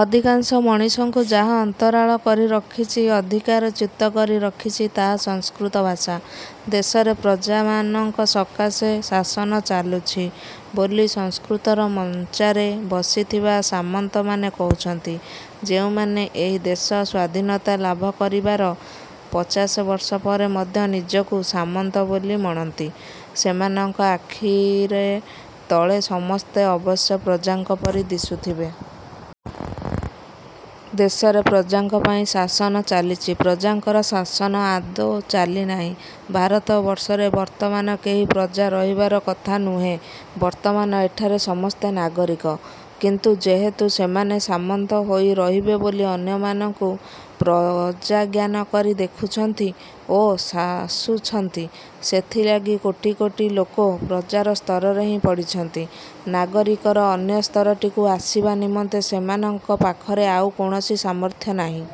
ଅଧିକାଂଶ ମଣିଷଙ୍କୁ ଯାହା ଅନ୍ତରାଳ କରି ରଖିଛି, ଅଧିକାରଚ୍ୟୁତ କରି ରଖିଛି ତାହା ସଂସ୍କୃତ ଭାଷା। ଦେଶରେ ପ୍ରଜାମାନଙ୍କ ସକାଶେ ଶାସନ ଚାଲୁଛି ବୋଲି ସଂସ୍କୃତର ମଞ୍ଚାରେ ବସିଥିବା ସାମନ୍ତମାନେ କହୁଛନ୍ତି। ଯେଉଁମାନେ ଏହି ଦେଶ ସ୍ୱାଧୀନତା ଲାଭ କରିବାର ପଚାଶବର୍ଷ ପରେ ମଧ୍ୟ ନିଜକୁ ସାମନ୍ତ ବୋଲି ମଣନ୍ତି, ସେମାନଙ୍କ ଆଖିରେ ତଳେ ସମସ୍ତେ ଅବଶ୍ୟ ପ୍ରଜାଙ୍କ ପରି ଦିଶୁଥିବେ। ଦେଶରେ ପ୍ରଜାଙ୍କ ପାଇଁ ଶାସନ ଚାଲିଛି, ପ୍ରଜାଙ୍କର ଶାସନ ଆଦୌ ଚାଲିନାହିଁ। ଭାରତବର୍ଷରେ ବର୍ତ୍ତମାନ କେହି ପ୍ରଜା ରହିବାର କଥା ନୁହେଁ। ବର୍ତ୍ତମାନ ଏଠାରେ ସମସ୍ତେ ନାଗରିକ। କିନ୍ତୁ, ଯେହେତୁ ସେମାନେ ସାମନ୍ତ ହୋଇ ରହିବେ ବୋଲି ଅନ୍ୟମାନଙ୍କୁ ପ୍ରଜାଜ୍ଞାନ କରି ଦେଖୁଛନ୍ତି ଓ ଶାସୁଛନ୍ତି, ସେଥିଲାଗି କୋଟି କୋଟି ଲୋକ ପ୍ରଜାର ସ୍ତରରେ ହିଁ ପଡ଼ିଛନ୍ତି, ନାଗରିକର ଅନ୍ୟ ସ୍ତରଟିକୁ ଆସିବା ନିମନ୍ତେ ସେମାନଙ୍କ ପାଖରେ ଆଉ କୌଣସି ସାମର୍ଥ୍ୟ ନାହିଁ।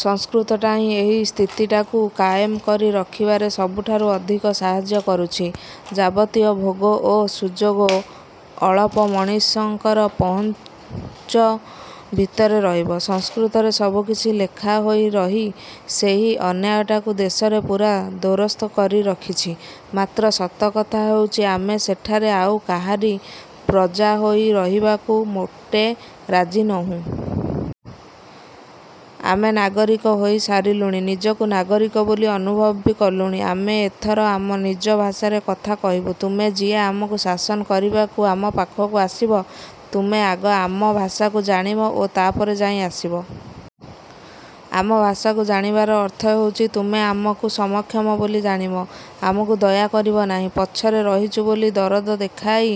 ସଂସ୍କୃତଟା ହିଁ ଏହି ସ୍ଥିତିଟାକୁ କାଏମ କରି ରଖିବାରେ ସବୁଠାରୁ ଅଧିକ ସାହାଯ୍ୟ କରୁଛି। ଯାବତୀୟ ଭୋଗ ଓ ସୁଯୋଗ ଅଳପ ମଣିଷଙ୍କର ପହୁଞ୍ଚ ଭିତରେ ରହିବ, ସଂସ୍କୃତରେ ସବୁକିଛି ଲେଖା ହୋଇ ରହି ସେହି ଅନ୍ୟାୟଟାକୁ ଦେଶରେ ପୂରା ଦୋରସ୍ତ କରି ରଖିଛି। ମାତ୍ର ସତ କଥା ହେଉଛି, ଆମେ ସେଠାରେ ଆଉ କାହାରି ପ୍ରଜା ହୋଇ ରହିବାକୁ ମୋଟେ ରାଜି ନୋହୁଁ। ଆମେ ନାଗରିକ ହୋଇ ସାରିଲୁଣି। ନିଜକୁ ନାଗରିକ ବୋଲି ଅନୁଭବ ବି କଲୁଣି। ଆମେ ଏଥର ଆମ ନିଜ ଭାଷାରେ କଥା କହିବୁ। ତୁମେ ଯିଏ ଆମକୁ ଶାସନ କରିବାକୁ ଆମ ପାଖକୁ ଆସିବ, ତୁମେ ଆଗ ଆମ ଭାଷାକୁ ଜାଣିବ ଓ ତା'ପରେ ଯାଇ ଆସିବ। ଆମ ଭାଷାକୁ ଜାଣିବାର ଅର୍ଥ ହେଉଛି, ତୁମେ ଆମକୁ ସମକ୍ଷମ ବୋଲି ଜାଣିବ। ଆମକୁ ଦୟା କରିବ ନାହିଁ। ପଛରେ ରହିଛୁ ବୋଲି ଦରଦ ଦେଖାଇ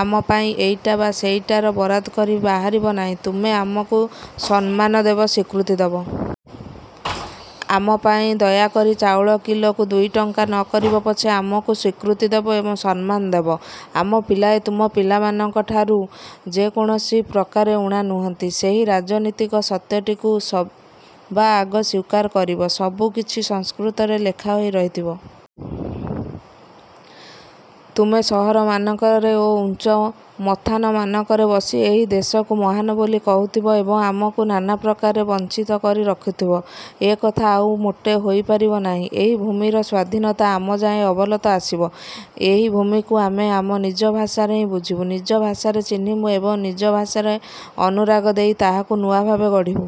ଆମ ପାଇଁ ଏଇଟା ବା ସେଇଟାର ବରାଦ କରି ବାହାରିବ ନାହିଁ। ତୁମେ ଆମକୁ ସମ୍ମାନ ଦେବ, ସ୍ୱୀକୃତି ଦେବ। ଆମ ପାଇଁ ଦୟାକରି ଚାଉଳ କିଲୋକୁ ଦୁଇଟଙ୍କା ନକରିବ ପଛେ, ଆମକୁ ସ୍ୱୀକୃତି ଦେବ ଏବଂ ସମ୍ମାନ ଦେବ। ଆମ ପିଲାଏ ତୁମ ପିଲାମାନଙ୍କ ଠାରୁ ଯେ କୌଣସି ପ୍ରକାରେ ଊଣା ନୁହନ୍ତି, ସେହି ରାଜନୀତିକ ସତ୍ୟଟିକୁ ସବାଆଗ ସ୍ୱୀକାର କରିବ। ସବୁକିଛି ସଂସ୍କୃତରେ ଲେଖା ହୋଇ ରହିଥିବ। ତୁମେ ସହରମାନଙ୍କରେ ଓ ଉଚ୍ଚ ମଥାନମାନଙ୍କରେ ବସି ଏହି ଦେଶକୁ ମହାନ ବୋଲି କହୁଥିବ ଏବଂ ଆମକୁ ନାନା ପ୍ରକାରେ ବଞ୍ଚିତ କରି ରଖିଥିବ, ଏକଥା ଆଉ ମୋଟେ ହୋଇପାରିବ ନାହିଁ। ଏହି ଭୂମିର ସ୍ୱାଧୀନତା ଆମଯାଏ ଅଲବତ ଆସିବ। ଏହି ଭୂମିକୁ ଆମେ ଆମ ନିଜ ଭାଷାରେ ହିଁ ବୁଝିବୁ, ନିଜ ଭାଷାରେ ଚିହ୍ନିବୁ ଏବଂ ନିଜ ଭାଷାର ଅନୁରାଗ ଦେଇ ତାହାକୁ ନୂଆ ଭାବେ ଗଢ଼ିବୁ।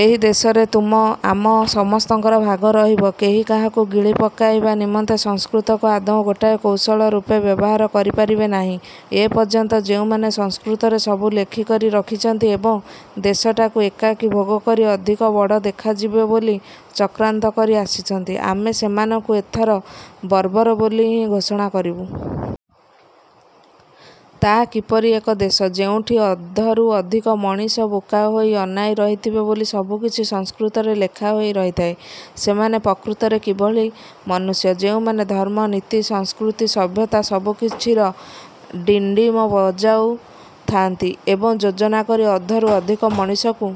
ଏହି ଦେଶରେ ତୁମ ଆମ ସମସ୍ତଙ୍କର ଭାଗ ରହିବ, କେହି କାହାକୁ ଗିଳି ପକାଇବା ନିମନ୍ତେ ସଂସ୍କୃତକୁ ଆଦୌ ଗୋଟାଏ କୌଶଳ ରୂପେ ବ୍ୟବହାର କରିପାରିବେ ନାହିଁ। ଏପର୍ଯ୍ୟନ୍ତ ଯେଉଁମାନେ ସଂସ୍କୃତରେ ସବୁ ଲେଖିକରି ରଖିଛନ୍ତି ଏବଂ ଦେଶଟାକୁ ଏକାକୀ ଭୋଗକରି ଅଧିକ ବଡ଼ ଦେଖାଯିବେ ବୋଲି ଚକ୍ରାନ୍ତ କରି ଆସିଛନ୍ତି, ଆମେ ସେମାନଙ୍କୁ ଏଥର ବର୍ବର ବୋଲି ହିଁ ଘୋଷଣା କରିବୁ। ତାହା କିପରି ଏକ ଦେଶ, ଯେଉଁଠି ଅଧରୁ ଅଧିକ ମଣିଷ ବୋକା ହୋଇ ଅନାଇ ରହିଥିବେ ବୋଲି ସବୁକିଛି ସଂସ୍କୃତରେ ଲେଖାହୋଇ ରହିଥାଏ? ସେମାନେ ପ୍ରକୃତରେ କିଭଳି ମନୁଷ୍ୟ, ଯେଉଁମାନେ ଧର୍ମ, ନୀତି, ସଂସ୍କୃତି, ସଭ୍ୟତା ସବୁକିଛିର ଡ଼ିଣ୍ଡିମ ବଜାଉ ଥାଆନ୍ତି ଏବଂ ଯୋଜନା କରି ଅଧରୁ ଅଧିକ ମଣିଷଙ୍କୁ